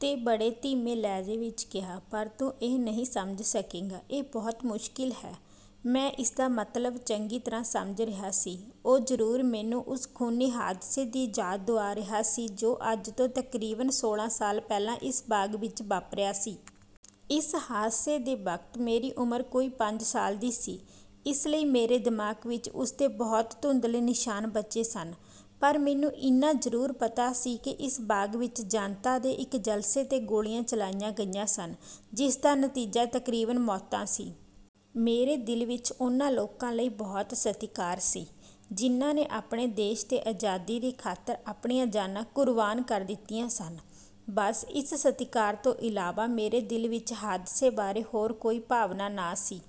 ਤੇ ਬੜੇ ਧੀਮੇ ਲਹਿਜੇ ਵਿਚ ਕਿਹਾ, ਪਰ ਤੂੰ ਇਹ ਨਹੀਂ ਸਮਝ ਸਕੇਂਗਾ, ਇਹ ਬਹੁਤ ਮੁਸ਼ਕਿਲ ਹੈ। ਮੈਂ ਇਸਦਾ ਮਤਲਬ ਚੰਗੀ ਤਰ੍ਹਾਂ ਸਮਝ ਰਿਹਾ ਸੀ। ਉਹ ਜ਼ਰੂਰ ਮੈਨੂੰ ਉਸ ਖੂਨੀ ਹਾਦਸੇ ਦੀ ਯਾਦ ਦੁਆ ਰਿਹਾ ਸੀ ਜੋ ਅੱਜ ਤੋਂ ਤਕਰੀਬਨ ਸੋਲ੍ਹਾਂ ਸਾਲ ਪਹਿਲਾਂ ਇਸ ਬਾਗ਼ ਵਿਚ ਵਾਪਰਿਆ ਸੀ। ਇਸ ਹਾਦਸੇ ਦੇ ਵਕਤ ਮੇਰੀ ਉਮਰ ਕੋਈ ਪੰਜ ਸਾਲ ਦੀ ਸੀ। ਇਸ ਲਈ ਮੇਰੇ ਦਿਮਾਗ਼ ਵਿਚ ਉਸ ਦੇ ਬਹੁਤ ਧੁੰਦਲੇ ਨਿਸ਼ਾਨ ਬਚੇ ਸਨ। ਪਰ ਮੈਨੂੰ ਇੰਨਾ ਜ਼ਰੂਰ ਪਤਾ ਸੀ ਕਿ ਇਸ ਬਾਗ਼ ਵਿਚ ਜਨਤਾ ਦੇ ਇਕ ਜਲਸੇ ’ਤੇ ਗੋਲੀਆਂ ਚਲਾਈਆਂ ਗਈਆਂ ਸਨ, ਜਿਸ ਦਾ ਨਤੀਜਾ ਤਕਰੀਬਨ ਮੌਤਾਂ ਸੀ। ਮੇਰੇ ਦਿਲ ਵਿਚ ਉਨ੍ਹਾਂ ਲੋਕਾਂ ਲਈ ਬਹੁਤ ਸਤਿਕਾਰ ਸੀ ਜਿਨ੍ਹਾਂ ਨੇ ਆਪਣੇ ਦੇਸ਼ ਤੇ ਆਜ਼ਾਦੀ ਦੀ ਖਾਤਰ ਆਪਣੀਆਂ ਜਾਨਾਂ ਕੁਰਬਾਨ ਕਰ ਦਿੱਤੀਆਂ ਸਨ। ਬੱਸ ਇਸ ਸਤਿਕਾਰ ਤੋਂ ਇਲਾਵਾ ਮੇਰੇ ਦਿਲ ਵਿਚ ਹਾਦਸੇ ਬਾਰੇ ਹੋਰ ਕੋਈ ਭਾਵਨਾ ਨਾ ਸੀ।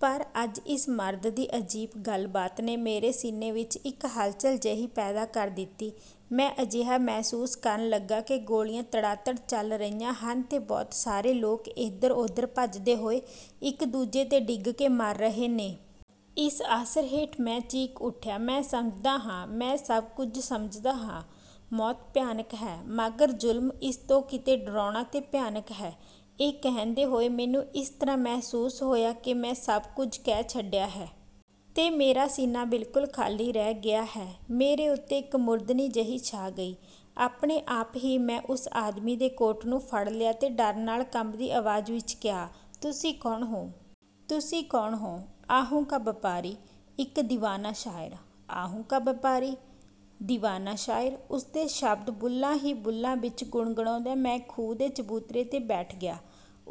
ਪਰ ਅੱਜ ਇਸ ਮਰਦ ਦੀ ਅਜੀਬ ਗੱਲਬਾਤ ਨੇ ਮੇਰੇ ਸੀਨੇ ਵਿਚ ਇੱਕ ਹਲਚਲ ਜਿਹੀ ਪੈਦਾ ਕਰ ਦਿੱਤੀ। ਮੈਂ ਅਜਿਹਾ ਮਹਿਸੂਸ ਕਰਨ ਲੱਗਾ ਕਿ ਗੋਲੀਆਂ ਤੜਾਤੜ ਚੱਲ ਰਹੀਆਂ ਹਨ ਤੇ ਬਹੁਤ ਸਾਰੇ ਲੋਕ ਏਧਰ-ਓਧਰ ਭੱਜਦੇ ਹੋਏ ਇੱਕ ਦੂਜੇ ’ਤੇ ਡਿੱਗ ਕੇ ਮਰ ਰਹੇ ਨੇ। ਇਸ ਅਸਰ ਹੇਠ ਮੈਂ ਚੀਖ ਉੱਠਿਆ। ਮੈਂ ਸਮਝਦਾ ਹਾਂ, ਮੈਂ ਸਭ ਕੁਝ ਸਮਝਦਾ ਹਾਂ। ਮੌਤ ਭਿਆਨਕ ਹੈ। ਮਗਰ ਜ਼ੁਲਮ ਇਸ ਤੋਂ ਕਿਤੇ ਡਰਾਉਣਾ ਤੇ ਭਿਆਨਕ ਹੈ। ਇਹ ਕਹਿੰਦੇ ਹੋਏ ਮੈਨੂੰ ਇਸ ਤਰ੍ਹਾਂ ਮਹਿਸੂਸ ਹੋਇਆ ਕਿ ਮੈਂ ਸਭ ਕੁਝ ਕਹਿ ਛੱਡਿਆ ਹੈ। ਤੇ ਮੇਰਾ ਸੀਨਾ ਬਿਲਕੁਲ ਖਾਲੀ ਰਹਿ ਗਿਆ ਹੈ। ਮੇਰੇ ਉੱਤੇ ਇੱਕ ਮੁਰਦਨੀ ਜਿਹੀ ਛਾ ਗਈ। ਆਪਣੇ ਆਪ ਹੀ ਮੈਂ ਉਸ ਆਦਮੀ ਦੇ ਕੋਟ ਨੂੰ ਫੜ ਲਿਆ ਤੇ ਡਰ ਨਾਲ ਕੰਬਦੀ ਆਵਾਜ਼ ਵਿਚ ਕਿਹਾ, ਤੁਸੀਂ ਕੌਣ ਹੋ? ਤੁਸੀਂ ਕੌਣ ਹੋ? ਆਹੋਂ ਕਾ ਵਪਾਰੀ, ਇੱਕ ਦੀਵਾਨਾ ਸ਼ਾਇਰ। ਆਹੋਂ ਕਾ ਵਪਾਰੀ! ਦੀਵਾਨਾ ਸ਼ਾਇਰ! ਉਸ ਦੇ ਸ਼ਬਦ ਬੁੱਲ੍ਹਾਂ ਹੀ ਬੁੱਲ੍ਹਾਂ ਵਿਚ ਗੁਣਗੁਣਾਉਂਦਿਆਂ ਮੈਂ ਖੂਹ ਦੇ ਚਬੂਤਰੇ ’ਤੇ ਬੈਠ ਗਿਆ।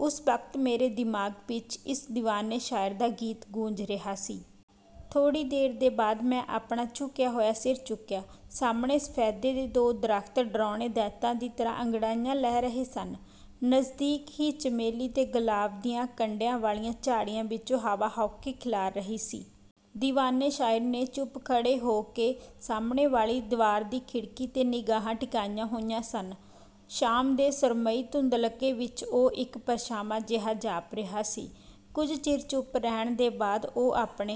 ਉਸ ਵਕਤ ਮੇਰੇ ਦਿਮਾਗ਼ ਵਿਚ ਇਸ ਦੀਵਾਨੇ ਸ਼ਾਇਰ ਦਾ ਗੀਤ ਗੂੰਜ ਰਿਹਾ ਸੀ। ਥੋੜ੍ਹੀ ਦੇਰ ਦੇ ਬਾਅਦ ਮੈਂ ਆਪਣਾ ਝੁਕਿਆ ਹੋਇਆ ਸਿਰ ਚੁੱਕਿਆ। ਸਾਹਮਣੇ ਸਫ਼ੇਦੇ ਦੇ ਦੋ ਦਰੱਖਤ ਡਰਾਉਣੇ ਦੈਂਤਾਂ ਦੀ ਤਰ੍ਹਾਂ ਅੰਗੜਾਈਆਂ ਲੈ ਰਹੇ ਸਨ। ਨਜ਼ਦੀਕ ਹੀ ਚਮੇਲੀ ਤੇ ਗੁਲਾਬ ਦੀਆਂ ਕੰਡਿਆਂ ਵਾਲੀਆਂ ਝਾੜੀਆਂ ਵਿਚ ਹਵਾ ਹਉਕੇ ਖਿਲਾਰ ਰਹੀ ਸੀ। ਦੀਵਾਨੇ ਸ਼ਾਇਰ ਨੇ ਚੁੱਪ ਖੜ੍ਹੇ ਹੋ ਕੇ ਸਾਹਮਣੇ ਵਾਲੀ ਦੀਵਾਰ ਦੀ ਇੱਕ ਖਿੜਕੀ ’ਤੇ ਨਿਗਾਹਾਂ ਟਿਕਾਈਆਂ ਹੋਈਆਂ ਸਨ। ਸ਼ਾਮ ਦੇ ਸੁਰਮਈ ਧੁੰਦਲਕੇ ਵਿਚ ਉਹ ਇੱਕ ਪਰਛਾਵਾਂ ਜਿਹਾ ਜਾਪ ਰਿਹਾ ਸੀ। ਕੁਝ ਚਿਰ ਚੁੱਪ ਰਹਿਣ ਦੇ ਬਾਅਦ ਉਹ ਆਪਣੇ